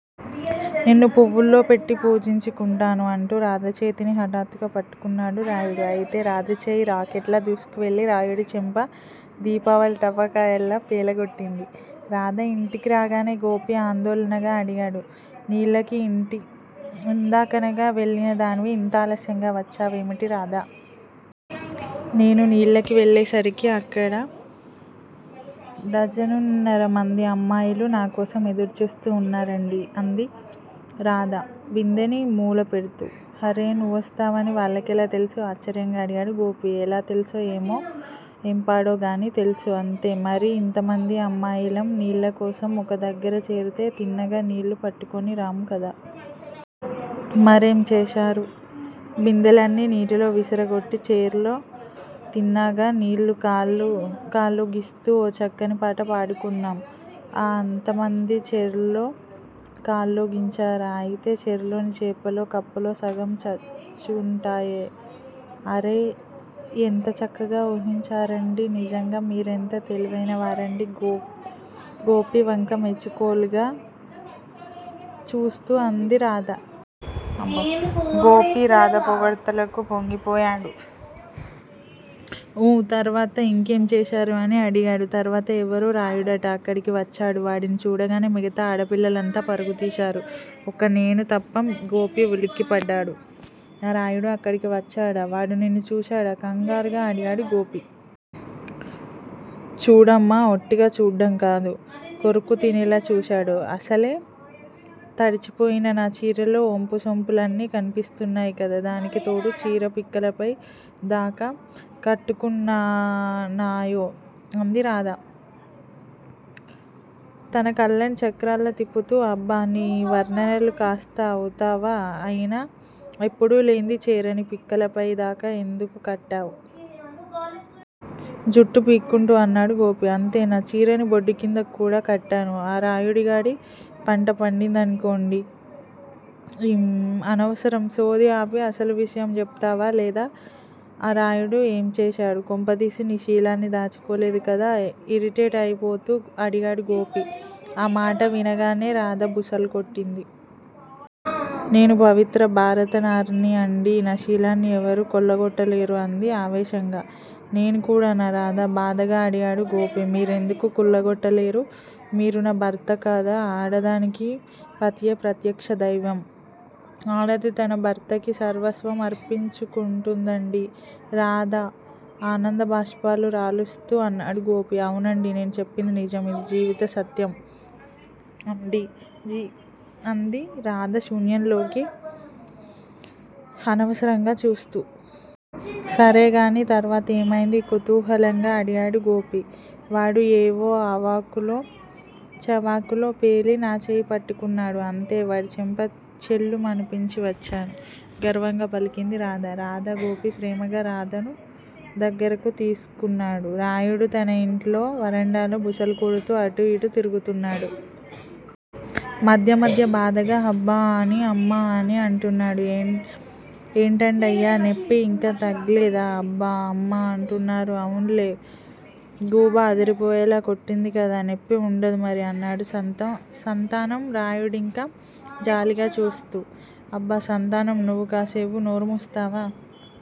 నిన్ను పువ్వుల్లో పెట్టి పూజించుకుంటాను. అంటూ రాధ చేతిని హఠాత్తుగా పట్టుకున్నాడు రాయుడు. అయితే రాధ చేయి రాకెట్ లా దూసుకువెళ్ళి రాయుడి చెంప దీపావళి టపాకాయల్లా పేలగొట్టింది. రాధ ఇంటికి రాగానే గోపి ఆందోళనగా అడిగాడు. నీళ్ళకి ఇందాకనగా వెళ్ళినదానివి ఇంతాలస్యంగా వచ్చేవేమిటి రాధా? నేను నీళ్ళకి వెళ్లేసరికి అక్కడ డజనున్నరమంది అమ్మాయిలు నా కోసం ఎదురుచూస్తు ఉన్నారండీ. అంది రాధ బిందెని మూల పెడ్తూ. హర్రే నువ్వొస్తావని వాళ్ళకెలా తెల్సూ? ఆశ్చర్యంగా అడిగాడు గోపి. ఎలా తెల్సో ఏం పాడోగానీ తెల్సు అంతే మరి ఇంతమంది అమ్మాయిలం నీళ్ళకోసం ఒక దగ్గర చేర్తే తిన్నగా నీళ్లు పట్టుకుని రాం కదా? మరేం చేశారు? బిందెలన్నీ నీటిలో విసిరికొట్టి చెర్లో తిన్నగా నీళ్లు కాళ్ళూగిస్తూ ఓ చక్కని పాట పాడుకున్నాం. ఆ! అంతమందీ చెర్లో కాళ్ళూగించారా? అయితే చెర్లోని చేపలో, కప్పులో సగం చచ్చుంటాయే అరే ఎంత చక్కగా ఊహించారండీ నిజంగా మీరెంత తెలివైనవారండీ. గోపి వంక మెచ్చుకోలుగా చూస్తూ అంది రాధ. గోపి రాధ పొగడ్తలకు పొంగిపోయాడు. ఊ తర్వాత ఇంకేం చేశారు! అని అడిగాడు. తర్వాత ఎవరో రాయుడట! అక్కడికి వచ్చాడు! వాడిని చూడగానే మిగతా ఆడపిల్లలంతా పరుగుతీశారు ఒక్క నేను తప్ప! గోపి ఉలిక్కిపడ్డాడు. ఆ రాయుడు అక్కడికి వచ్చాడా? వాడు నిన్ను చూశాడా? కంగారుగా అడిగాడు గోపి. చూడ్డమా? ఒట్టిగా చూడ్డం కాదు. కొరుక్కుతినేలా చూశాడు అసలే తడిచిపోయిన నా చీరలో ఒంపుసొంపులన్నీ కనిపిస్తున్నాయ్ కదా? దానికితోడు చీర పిక్కల పై దాకా కట్టుకున్నానాయె అంది రాధ తన కళ్ళని చక్రాల్లా తిప్పుతూ. అబ్బా! నీ వర్ణనలు కాస్త అవుతావా? అయినా ఎప్పుడూలేంది చేరని పిక్కలపైదాకా ఎందుకు కట్టావ్? జుట్టు పీక్కుంటూ అన్నాడు గోపి. అంతేనా? చీరని బొడ్డుక్రిందకు కూడా కట్టాను ఆ రాయుడిగాడి పంట పండిందనుకోండి ఇం అనవసరం సోది ఆపి అసలు విషయంచెప్తావా లేదా? ఆ రాయుడు ఏంచేశాడు? కొంపదీసి నీ శీలాన్ని దోచుకోలేదు కదా? ఇరిటేట్ అయిపోతూ అడిగాడుగోపి. ఆ మాట వినగానే రాధ బుసలుకొట్టింది. నేను పవిత్ర భారతనారిని అండీ నా శీలాన్ని ఎవరూ కొల్లగొట్టలేరు అంది ఆవేశంగా. నేను కూడానా రాధా? బాధగా అడిగాడు గోపి. మీరెందుకు కొల్లగొట్టలేరూ? మీరు నా భర్తకదా? ఆడదానికి పతియే ప్రత్యక్షదైవం ఆడది తన భర్తకి సర్వస్వం అర్పించుకుంటుందండీ రాధా ఆనందబాష్పాలు రాలుస్తూ అన్నాడు గోపి అవునండీ నేను చెప్పింది నిజం ఇది జీవితం సత్యం అండీ జీవిత సత్యం అంది రాధ శూన్యంలోకి అనవసరంగా చూస్తూ. సరేగానీ తర్వాతేమైందీ? కుతూహలంగా అడిగాడు గోపి. వాడు ఏవో అవాకులో చవాకులో పేలి నా చేయి పట్టుకున్నాడు అంతే వాడి చెంప ఛెళ్ళుమనిపించివచ్చాను గర్వంగా పలికింది రాధ. రాధా గోపీ ప్రేమగా రాధను దగ్గరకు తీస్కున్నాడు. రాయుడు తనఇంట్లో వరండాలో బుసలు కొడుతూ అటూ ఇటూ తిరుగుతున్నాడు. మధ్య మధ్య బాధగా హబ్బా అనీ అమ్మా అని అంటున్నాడు. ఏంటండయ్యా నెప్పి ఇంకా తగ్లేదా అబ్బా, అమ్మా అంటున్నారు! అవునులే గూబ అదిరిపోయేలా కొట్టిందికదా నెప్పి ఉండదూ మరి? అన్నాడు సంతానం రాయుడింక జాలిగా చూస్తూ. అబ్బా సంతానం నువ్వు కాస్సేపు నోరు మూస్తావా?